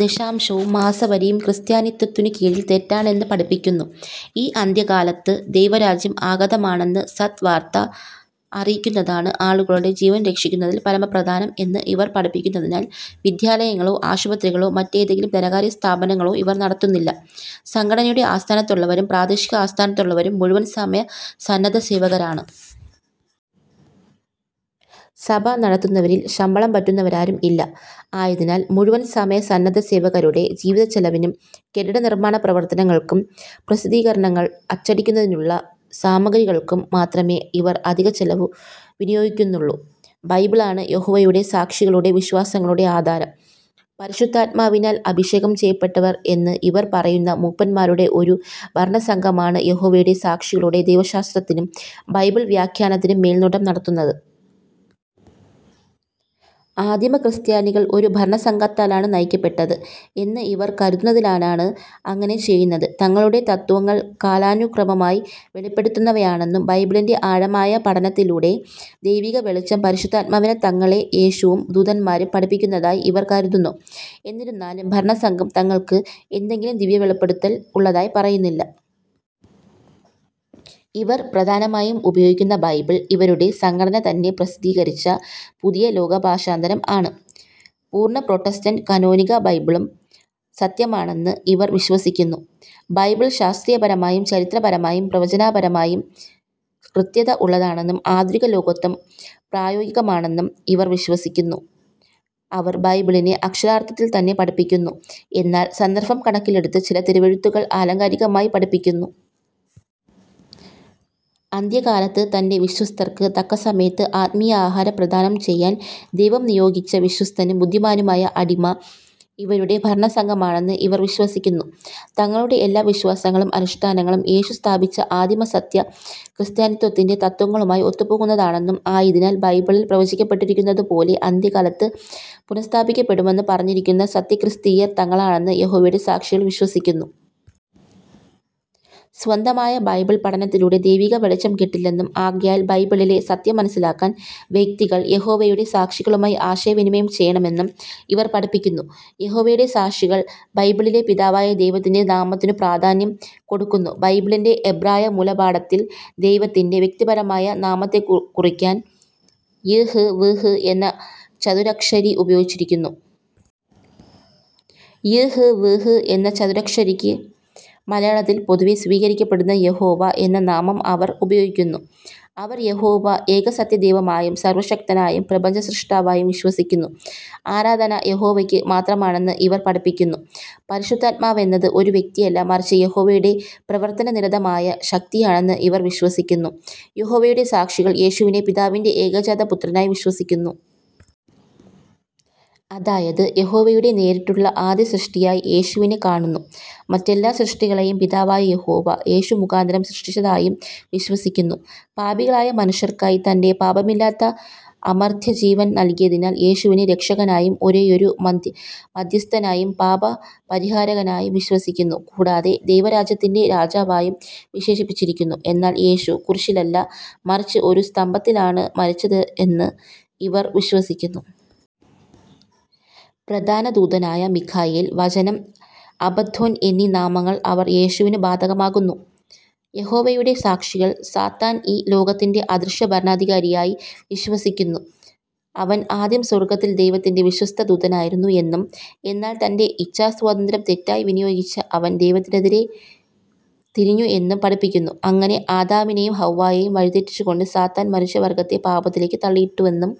ദശാംശവും, മാസവരിയും ക്രിസ്ത്യാനിത്വത്തിനു കീഴിൽ തെറ്റാണ് എന്ന് പഠിപ്പിക്കുന്നു. ഈ അന്ത്യകാലത്ത് ദൈവരാജ്യം ആഗതമാണെന്ന സദ് വാർത്ത അറിയിക്കുന്നതാണ് ആളുകളുടെ ജീവൻ രക്ഷിക്കുന്നതിൽ പരമപ്രധാനം എന്ന് ഇവർ പഠിപ്പിക്കുന്നതിനാൽ വിദ്യാലയങ്ങളോ, ആശുപത്രികളോ മറ്റ് എതെങ്കിലും ധനകാര്യസ്ഥാപനങ്ങളോ ഇവർ നടത്തുന്നില്ല. സംഘടനയുടെ ആസ്ഥാനത്തുള്ളവരും, പ്രാദേശിക ആസ്ഥാനത്തുള്ളവരും മുഴുവൻ സമയ സന്നദ്ധസേവകരാണ്. സഭ നടത്തുന്നവരിൽ ശമ്പളം പറ്റുന്നവരാരും ഇല്ല. ആയതിനാൽ മുഴുവൻ സമയ സന്നദ്ധ സേവകരുടെ ജീവിതചെലവിനും, കെട്ടിട നിർമ്മാണപ്രവർത്തനങ്ങൾക്കും, പ്രസിദ്ധീകരണങ്ങൾ അച്ചടിക്കുന്നതിനുള്ള സാമഗ്രികൾക്കും മാത്രമേ ഇവർ അധിക ചെലവും വിനിയോഗിക്കുന്നുള്ളു. ബൈബിളാണ് യഹോവയുടെ സാക്ഷികളുടെ വിശ്വാസങ്ങളുടെ ആധാരം. പരിശുദ്ധാത്മാവിനാൽ അഭിഷേകം ചെയ്യപ്പെട്ടവർ എന്ന് ഇവർ പറയുന്ന മൂപ്പന്മാരുടെ ഒരു ഭരണസംഘമാണ് യഹോവയുടെ സാക്ഷികളുടെ ദൈവശാസ്ത്രത്തിനും, ബൈബിൾ വ്യാഖ്യാനത്തിനും മേൽനോട്ടം നടത്തുന്നത്. ആദിമ ക്രിസ്ത്യാനികൾ ഒരു ഭരണസംഘത്താലാണ് നയിക്കപ്പെട്ടത് എന്ന് ഇവർ കരുതുന്നതിനാലാണ് അങ്ങനെ ചെയ്യുന്നത്. തങ്ങളുടെ തത്ത്വങ്ങൾ കാലാനുക്രമമായി വെളിപ്പെടുന്നവയാണെന്നും, ബൈബിളിന്റെ ആഴമായ പഠനത്തില്ലുടെ ദൈവിക വെളിച്ചം പരിശുദ്ധാത്മാവിനാൽ തങ്ങളെ യേശുവും, ദൂതന്മാരും പഠിപ്പിക്കുന്നതായി ഇവർ കരുതുന്നു. ഏന്നിരുന്നാലും ഭരണസംഘം തങ്ങൾക്ക് എന്തെങ്കിലും ദിവ്യവെളിപ്പെടുത്തൽ ഉള്ളതായി പറയുന്നില്ല. ഇവർ പ്രധാനമായും ഉപയോഗിക്കുന്ന ബൈബിൾ ഇവരുടെ സംഘടന തന്നെ പ്രസ്ദ്ധീകരിച്ച പുതിയ ലോകഭാഷാന്തരം ആണ്. പൂർണ്ണ പ്രൊട്ടസ്റ്റന്റ് കാനോനിക ബൈബിളും സത്യമാണെന്ന് ഇവർ വിശ്വസിക്കുന്നു. ബൈബിൾ ശാസ്ത്രീയപരമായും, ചരിത്രപരമായും, പ്രവചനപരമയും കൃത്യത ഉള്ളതാണെന്നും ആധുനിക ലോകത്തും പ്രായോഗികമാണെന്നും ഇവർ വിശ്വസിക്കുന്നു. അവർ ബൈബിളിനെ അക്ഷരാർത്ഥത്തിൽ തന്നെ പഠിപ്പിക്കുന്നു, എന്നാൽ സന്ദർഭം കണക്കിലെടുത്ത് ചില തിരുവെഴുത്തുകൾ ആലങ്കാരികമായി പഠിപ്പിക്കുന്നു. അന്ത്യകാലത്ത് തന്റെ വിശ്വസ്തർക്ക് തക്കസമയത്ത് ആത്മീയ ആഹാരം പ്രദാനം ചെയ്യാൻ ദൈവം നിയോഗിച്ച വിശ്വസ്തനും ബുദ്ധിമാനുമായ അടിമ ഇവരുടെ ഭരണസംഘമാണെന്ന് ഇവർ വിശ്വസിക്കുന്നു. തങ്ങളുടെ എല്ലാ വിശ്വാസങ്ങളും അനുഷ്ഠാനങ്ങളും യേശു സ്ഥാപിച്ച ആദിമ "സത്യ" ക്രിസ്ത്യാനിത്വത്തിന്റെ തത്ത്വങ്ങളുമായി ഒത്തുപോകുന്നതാണെന്നും, ആയതിനാൽ ബൈബിളിൽ പ്രവചിക്കപ്പെട്ടിരിക്കുന്നതു പോലെ അന്ത്യകാലത്ത് പുനഃസ്ഥാപിക്കപ്പെടുമെന്ന് പറഞ്ഞിരിക്കുന്ന സത്യക്രിസ്തീയർ തങ്ങളാണെന്ന് യഹോവയുടെ സാക്ഷികൾ വിശ്വസിക്കുന്നു. സ്വന്തമായ ബൈബിൾ പഠനത്തിലൂടെ ദൈവിക വെളിച്ചം കിട്ടില്ലെന്നും ആകയാൽ ബൈബിളിലെ സത്യം മനസ്സിലാക്കാൻ വ്യക്തികൾ യഹോവയുടെ സാക്ഷികളുമായി ആശയവിനിമയം ചെയ്യണമെന്നും ഇവർ പഠിപ്പിക്കുന്നു യഹോവയുടെ സാക്ഷികൾ ബൈബിളിലെ പിതാവായ ദൈവത്തിന്റെ നാമത്തിനു പ്രാധാന്യം കൊടുക്കുന്നു. ബൈബിളിന്റെ എബ്രായ മൂലപാഠത്തിൽ ദൈവത്തിന്റെ വ്യക്തിപരമായ നാമത്തെകുറിക്കാൻ "യ്ഹ്വ്ഹ്" എന്ന ചതുരക്ഷരി ഉപയോഗിച്ചിരുന്നു. "യ്ഹ്വ്ഹ്" എന്ന ചതുരക്ഷരിക്ക് മലയാളത്തിൽ പൊതുവെ സ്വീകരിക്കപ്പെടുന്ന യഹോവ എന്ന നാമം അവർ ഉപയോഗിക്കുന്നു. അവർ യഹോവ ഏകസത്യദൈവമായും, സർവ്വശക്തനായും, പ്രപഞ്ച സ്രിഷ്ടാവായും വിശ്വസിക്കുന്നു. ആരാധന യഹോവയ്ക്ക് മാത്രമാണെന്ന് ഇവർ പഠിപ്പിക്കുന്നു. പരിശുദ്ധാത്മാവെന്നത് ഒരു വ്യക്തിയല്ല മറിച്ച് യഹോവയുടെ പ്രവർത്തനനിരതമായ ശക്തിയാണെന്ന് ഇവർ വിശ്വസിക്കുന്നു. യഹോവയുടെ സാക്ഷികൾ യേശുവിനെ പിതാവിന്റെ ഏകജാത പുത്രനായി വിശ്വസിക്കന്നു. അതായത് യഹോവയുടെ നേരിട്ടുള്ള ആദ്യ സൃഷ്ടിയായ് യേശുവിനെ കാണുന്നു. മറ്റെല്ലാ സൃഷ്ടികളെയും പിതാവായ യഹോവ, യേശു മുഖാന്തരം സൃഷ്ടിച്ചതായും വിശ്വസിക്കുന്നു. പാപികളായ മനുഷ്യർക്കായി തന്റെ പാപമില്ലാത്ത അമർത്യ ജീവൻ നൽകിയതിനാൽ യേശുവിനെ രക്ഷകനായും, ഒരേയൊരു മദ്ധ്യസ്ഥനായും, പാപപരിഹാരകനായും വിശ്വസിക്കുന്നു. കൂടാതെ ദൈവരാജ്യത്തിന്റെ രാജാവായും വിശേഷിപ്പിച്ചിരിക്കുന്നു. എന്നാൽ യേശു കുരിശിലല്ല മറിച്ച് ഒരു സ്തംഭത്തിലാണ് മരിച്ചതെന്ന് ഇവർ വിശ്വസിക്കുന്നു. പ്രധാന ദൂതനായ മിഖായേൽ, വചനം, അബദ്ദോൻ എന്നീ നാമങ്ങൾ അവർ യേശുവിനു ബാധകമാക്കുന്നു. യഹോവയുടെ സാക്ഷികൾ സാത്താൻ ഈ ലോകത്തിന്റെ അദൃശ്യ ഭരണാധികാരിയായി വിശ്വസിക്കുന്നു. ആവൻ ആദ്യം സ്വർഗ്ഗത്തിൽ ദൈവത്തിന്റെ വിശ്വസ്ത ദൂതനായിരുന്നു എന്നും, എന്നാൽ തന്റെ ഇച്ഛാസ്വാതന്ത്ര്യം തെറ്റായി വിനിയോഗിച്ച അവൻ ദൈവത്തിനെതിരെ തിരിഞ്ഞു എന്നും പഠിപ്പിക്കുന്നു. അങ്ങനെ ആദാമിനെയും ഹൗവ്വായെയും വഴിതെറ്റിച്ചുകൊണ്ട് സാത്താൻ മനുഷ്യ വർഗ്ഗത്തെ പാപത്തിലേക്ക് തള്ളിയിട്ടുവെന്നും,